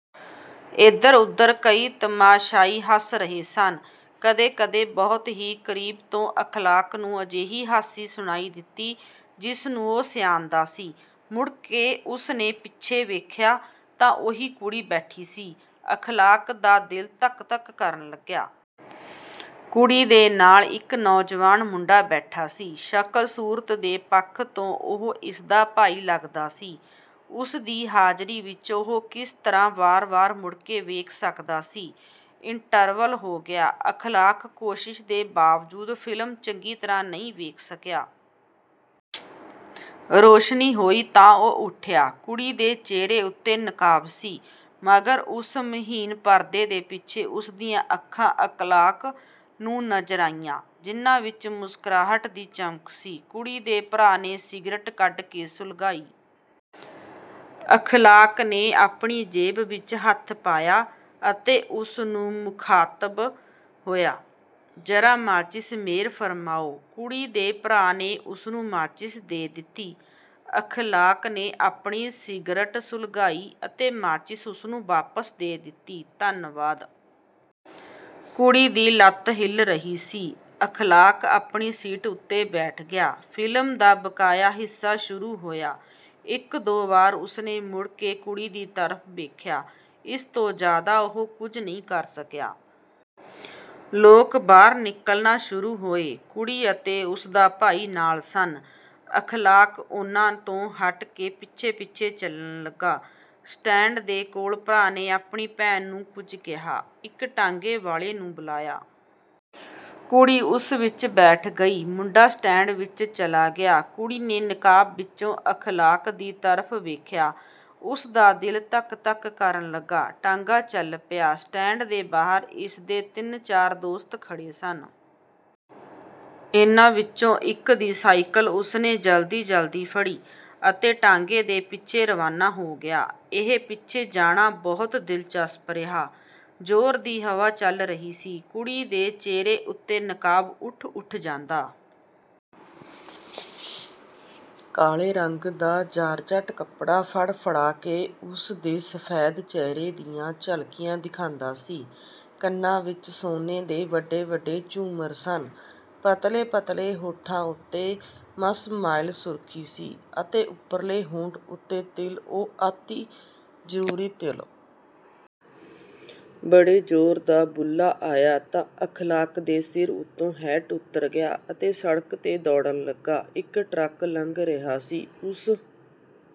ਇੱਧਰ-ਉੱਧਰ ਕਈ ਤਮਾਸ਼ਾਈ ਹੱਸ ਰਹੇ ਸਨ। ਕਦੇ-ਕਦੇ ਬਹੁਤ ਹੀ ਕਰੀਬ ਤੋਂ ਅਖ਼ਲਾਕ ਨੂੰ ਅਜਿਹੀ ਹਾਸੀ ਸੁਣਾਈ ਦਿੱਤੀ ਜਿਸਨੂੰ ਉਹ ਸਿਆਣਦਾ ਸੀ। ਮੁੜ ਕੇ ਉਸਨੇ ਪਿੱਛੇ ਵੇਖਿਆ ਤਾਂ ਉਹੀ ਕੁੜੀ ਬੈਠੀ ਸੀ। ਅਖ਼ਲਾਕ ਦਾ ਦਿਲ ਧੱਕ-ਧੱਕ ਕਰਨ ਲੱਗਿਆ। ਕੁੜੀ ਦੇ ਨਾਲ ਇੱਕ ਨੌਜਵਾਨ ਮੁੰਡਾ ਬੈਠਾ ਸੀ। ਸ਼ਕਲ-ਸੂਰਤ ਦੇ ਪੱਖ ਤੋਂ ਉਹ ਇਸਦਾ ਭਾਈ ਲੱਗਦਾ ਸੀ। ਉਸਦੀ ਹਾਜ਼ਰੀ ਵਿੱਚ ਉਹ ਕਿਸ ਤਰ੍ਹਾਂ ਵਾਰ-ਵਾਰ ਮੁੜ ਕੇ ਵੇਖ ਸਕਦਾ ਸੀ। ਇੰਟਰਵਲ ਹੋ ਗਿਆ। ਅਖ਼ਲਾਕ ਕੋਸ਼ਿਸ਼ ਦੇ ਬਾਵਜੂਦ ਫਿਲਮ ਚੰਗੀ ਤਰ੍ਹਾਂ ਨਹੀਂ ਵੇਖ ਸਕਿਆ। ਰੋਸ਼ਨੀ ਹੋਈ ਤਾਂ ਉਹ ਉੱਠਿਆ। ਕੁੜੀ ਦੇ ਚਿਹਰੇ ਉੱਤੇ ਨਕਾਬ ਸੀ, ਮਗਰ ਉਸ ਮਹੀਨ ਪਰਦੇ ਦੇ ਪਿੱਛੇ ਉਸਦੀਆਂ ਅੱਖਾਂ ਅਖ਼ਲਾਕ ਨੂੰ ਨਜ਼ਰ ਆਈਆਂ, ਜਿਨ੍ਹਾਂ ਵਿੱਚ ਮੁਸਕੁਰਾਹਟ ਦੀ ਚਮਕ ਸੀ। ਕੁੜੀ ਦੇ ਭਰਾ ਨੇ ਸਿਗਰਟ ਕੱਢ ਕੇ ਸੁਲਗਾਈ। ਅਖ਼ਲਾਕ ਨੇ ਆਪਣੀ ਜੇਬ ਵਿੱਚ ਹੱਥ ਪਾਇਆ ਅਤੇ ਉਸਨੂੰ ਮੁਖ਼ਾਤਬ ਹੋਇਆ, "ਜਰਾ ਮਾਚਿਸ ਮਿਹਰ ਫ਼ਰਮਾਓ।" ਕੁੜੀ ਦੇ ਭਰਾ ਨੇ ਉਸਨੂੰ ਮਾਚਿਸ ਦੇ ਦਿੱਤੀ। ਅਖ਼ਲਾਕ ਨੇ ਆਪਣੀ ਸਿਗਰਟ ਸੁਲਗਾਈ ਅਤੇ ਮਾਚਿਸ ਉਸਨੂੰ ਵਾਪਸ ਦੇ ਦਿੱਤੀ, "ਧੰਨਵਾਦ।" ਕੁੜੀ ਦੀ ਲੱਤ ਹਿੱਲ ਰਹੀ ਸੀ। ਅਖ਼ਲਾਕ ਆਪਣੀ ਸੀਟ ਉੱਤੇ ਬੈਠ ਗਿਆ। ਫਿਲਮ ਦਾ ਬਕਾਇਆ ਹਿੱਸਾ ਸ਼ੁਰੂ ਹੋਇਆ। ਇੱਕ-ਦੋ ਵਾਰ ਉਸਨੇ ਮੁੜ ਕੇ ਕੁੜੀ ਦੀ ਤਰਫ਼ ਵੇਖਿਆ। ਇਸ ਤੋਂ ਜ਼ਿਆਦਾ ਉਹ ਕੁੱਝ ਨਹੀਂ ਕਰ ਸਕਿਆ। ਲੋਕ ਬਾਹਰ ਨਿਕਲਣਾ ਸ਼ੁਰੂ ਹੋਏ। ਕੁੜੀ ਅਤੇ ਉਸਦਾ ਭਾਈ ਨਾਲ ਸਨ। ਅਖ਼ਲਾਕ ਉਨ੍ਹਾਂ ਤੋਂ ਹੱਟ ਕੇ ਪਿੱਛੇ-ਪਿੱਛੇ ਚਲਣ ਲੱਗਾ। ਸਟੈਂਡ ਦੇ ਕੋਲ ਭਰਾ ਨੇ ਆਪਣੀ ਭੈਣ ਨੂੰ ਕੁੱਝ ਕਿਹਾ। ਇੱਕ ਟਾਂਗੇ ਵਾਲੇ ਨੂੰ ਬੁਲਾਇਆ। ਕੁੜੀ ਉਸ ਵਿੱਚ ਬੈਠ ਗਈ। ਮੁੰਡਾ ਸਟੈਂਡ ਵਿੱਚ ਚਲਾ ਗਿਆ। ਕੁੜੀ ਨੇ ਨਕਾਬ ਵਿੱਚੋਂ ਅਖ਼ਲਾਕ ਦੀ ਤਰਫ਼ ਵੇਖਿਆ। ਉਸਦਾ ਦਿਲ ਧੱਕ-ਧੱਕ ਕਰਨ ਲੱਗਾ। ਟਾਂਗਾ ਚੱਲ ਪਿਆ। ਸਟੈਂਡ ਦੇ ਬਾਹਰ ਇਸਦੇ ਤਿੰਨ-ਚਾਰ ਦੋਸਤ ਖੜ੍ਹੇ ਸਨ। ਇਹਨਾਂ ਵਿੱਚੋਂ ਇੱਕ ਦੀ ਸਾਈਕਲ ਉਸਨੇ ਜਲਦੀ-ਜਲਦੀ ਫੜੀ ਅਤੇ ਟਾਂਗੇ ਦੇ ਪਿੱਛੇ ਰਵਾਨਾ ਹੋ ਗਿਆ। ਇਹ ਪਿੱਛੇ ਜਾਣਾ ਬਹੁਤ ਦਿਲਚਸਪ ਰਿਹਾ। ਜ਼ੋਰ ਦੀ ਹਵਾ ਚੱਲ ਰਹੀ ਸੀ। ਕੁੜੀ ਦੇ ਚਿਹਰੇ ਉੱਤੋਂ ਨਕਾਬ ਉੱਠ-ਉੱਠ ਜਾਂਦਾ। ਕਾਲੇ ਰੰਗ ਦਾ ਜਾਰਜਟ ਕੱਪੜਾ ਫੜਫੜਾ ਕੇ ਉਸਦੇ ਸਫੈਦ ਚਿਹਰੇ ਦੀਆਂ ਝਲਕੀਆਂ ਦਿਖਾਂਦਾ ਸੀ। ਕੰਨਾਂ ਵਿੱਚ ਸੋਨੇ ਦੇ ਵੱਡੇ-ਵੱਡੇ ਝੂਮਰ ਸਨ। ਪਤਲੇ-ਪਤਲੇ ਹੋਠਾਂ ਉੱਤੇ ਮੱਸ-ਮਾਇਲ ਸੁਰਖੀ ਸੀ ਅਤੇ ਉਪਰਲੇ ਹੋਠ ਉੱਤੇ ਤਿਲ, ਉਹ ਅਤਿ ਜ਼ਰੂਰੀ ਤਿਲ। ਬੜੇ ਜ਼ੋਰ ਦਾ ਬੁੱਲਾ ਆਇਆ ਤਾਂ ਅਖ਼ਲਾਕ ਦੇ ਸਿਰ ਉੱਤੋਂ ਹੈਟ ਉੱਤਰ ਗਿਆ ਅਤੇ ਸੜਕ ਤੇ ਦੌੜਨ ਲੱਗਾ। ਇੱਕ ਟਰੱਕ ਲੰਘ ਰਿਹਾ ਸੀ। ਉਸ